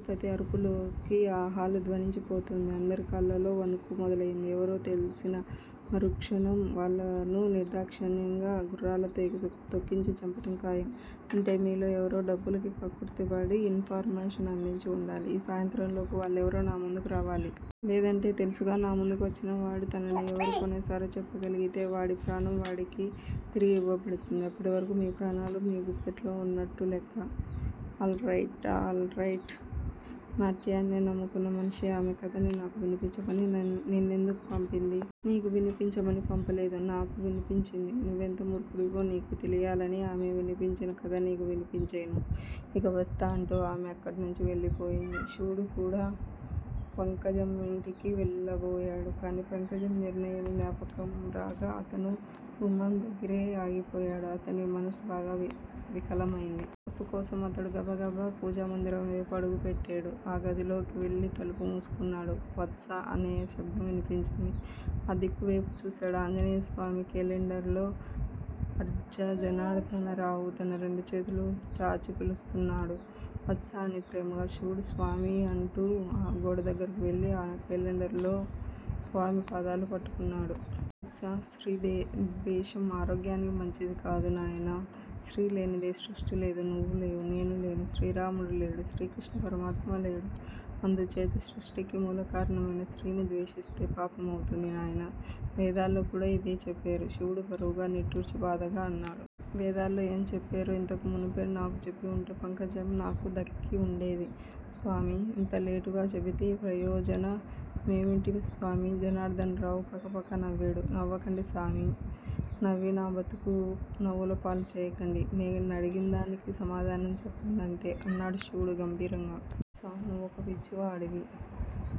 భూపతి అరుపులకి ఆ హాలు ధ్వనించి పోతోంది. అందరి కాళ్ళలో వణుకు మొదలయింది. ఎవరో తెల్సిన మరుక్షణం వాళ్ళను నిర్ధాక్షిణ్యంగా గుర్రాలతో తొక్కించి చంపటం ఖాయం. అంటే మీలో ఎవరో డబ్బులకి కక్కుర్తిపడి ఇన్ ఫర్మేషన్ అందించి వుండాలి. ఈ సాయంత్రంలోపు వాళ్ళెవరో నా ముందుకు రావాలి. లేదంటే తెలుసుగా! నా ముందుకు వచ్చినవాడు తనని ఎవరు కొనేసారో చెప్పగలిగితే వాడి ప్రాణం వాడికి తిరిగి ఇవ్వబడుతుంది. అప్పటి వరకు మీ ప్రాణాలు మీ గుప్పిట్లో ఉన్నట్లు లెక్క। All right all right! నాట్యాన్నే నమ్ముకున్న మనిషి-ఆమె కథని నాకు వినిపించమణి నిన్నెందుకు పంపింది? నీకు వినిపించమని పంపలేదు. నాకు వినిపించింది. నువ్వెంత మూర్ఖుడివో నీకు తెలియాలని ఆమె వినిపించిన కథ నీకు వినిపించేను. ఇక వస్తా. అంటూ ఆమె అక్కడ్నించి వెళ్ళిపోయింది. శివుడు కూడా పంకజమింటికి వెళ్ళబోయేడు. కానీ-పంకజం నిర్ణయం జ్ఞాపకంరాగా అతను గుమ్మందగ్గిరే ఆగిపోయేడు. అతని మనసు బాగా వికలమైంది. ఓదార్పు కోసం అతడు గబగబా పూజా మందిరం వేపు అడుగుపెట్టేడు. ఆ గదిలోకి వెళ్ళి తలుపు మూసుకున్నాడు. వత్సా అనే శబ్దం వినిపించింది. ఆ దిక్కువేపు చూసేడు. ఆంజనేయస్వామి కేలెండర్లో అర్జా జనార్ధనరావు తన రెండు చేతులూ చాచి పిలుస్తున్నాడు. వత్సా అని ప్రేమగా. శివుడు స్వామీ అంటూ ఆ గోడదగ్గరికి వెళ్ళి, ఆ కేలెండర్లో స్వామి పాదాలు పట్టుకున్నాడు. వత్సా! స్త్రీ ద్వేషం ఆరోగ్యానికి మంచిది కాదు నాయనా! స్త్రీ లేనిదే సృష్టిలేదు. నువ్వు లేవు. నేను లేను. శ్రీరాముడు లేడు. శ్రీకృష్ణపరమాత్మ లేడు. అందుచేత సృష్టికి మూలకారణమైన స్త్రీని ద్వేషిస్తే పాపమవుతుంది నాయనా! వేదాల్లో కూడా ఇదే చెప్పేరు! శివుడు బరువుగా నిట్టూర్చి బాధగా అన్నాడు. వేదాల్లో ఏం చెప్పేరో ఇంతకు మునుపే నాకు చెప్పివుంటే పంకజం నాకు దక్కివుండేది స్వామీ! ఇంత లేటుగా చెబితే ప్రయోజన మేమిటి స్వామీ! జనార్ధనరావు పకపకా నవ్వేడు. నవ్వకండి స్వామి! నవ్వి నా బ్రతుకు నవ్వులపాలు చేయకండి! నే నడిగిందానికి సమాధానం చెప్పండంతే! అన్నాడు శివుడు గంభీరంగా. వత్సా! స్వామీ నువ్వొక పిచ్చివాడివి!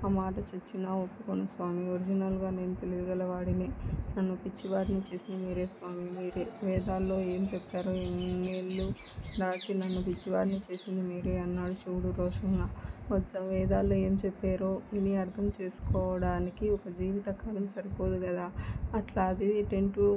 ఆ మాట చచ్చినా ఒప్పుకోను స్వామీ! ఒరిజినల్ గా నేను తెలివిగలవాడినే! నన్ను పిచ్చివాడ్ని చేసింది మీరే స్వామీ! మీరే! వేదాల్లో ఏం చెప్పారో ఇన్నేళ్ళూ దాచి నన్ను పిచ్చివాడ్ని చేసింది మీరే! అన్నాడు శివుడు రోషంగా. వత్సా! వేదాల్లో ఏం చెప్పేరో విని అర్థం చేసుకోడానికి ఒక జీవిత కాలం సరిపోదుగదా-అల్లాంటిది టెన్ టు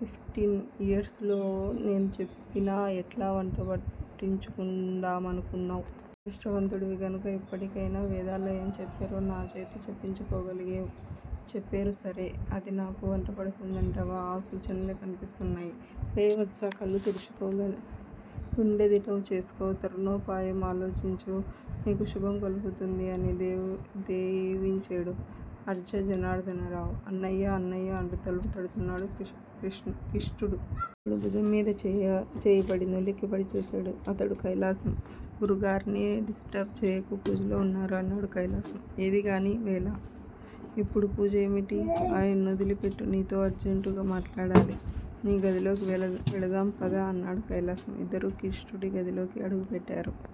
ఫిఫ్టీన్ ఇయర్సులో-నేను చెప్పినా-ఎట్లా వంట బట్టించుకుందామనుకున్నావ్? అదృష్టవంతుడివి గనక ఇప్పటికైనా వేదాల్లో ఏం చెప్పేరో నాచేత చెప్పించుకోగలిగేవ్! చెప్పేరు సరే! అది నాకు వంటపడుతుందంటావా? ఆ సూచనలే కనిపిస్తున్నాయి! లే వత్సా! కళ్ళు తుడుచుకో! గుండెదిటవు చేసుకో? తరుణోపాయం ఆలోచించు. నీకు శుభం కలుగుతుంది! అని దీవించేడు అర్జా జనార్ధనరావు! అన్నయ్యా, అన్నయ్యా అంటూ తలుపు తడుతున్నాడు కిష్టుడు. కిష్టుడు భుజంమీద చేయిపడింది ఉలిక్కిపడి చూసేడు. అతడు కైలాసం! గురూగార్ని డిస్టర్బ్ చేయకు. పూజలో ఉన్నారు అన్నాడు కైలాసం. ఏదీగాని వేళ! ఇప్పుడు పూజేమిటి ఆయన్నొదిలిపెట్టు. నీతో అర్జంటుగా మాట్లాడాలి. నీ గదిలోకి వెడదాం పద! అన్నాడు కైలాసం. ఇద్దరూ కిష్టుడి గదిలోకి అడుగు పెట్టేరు.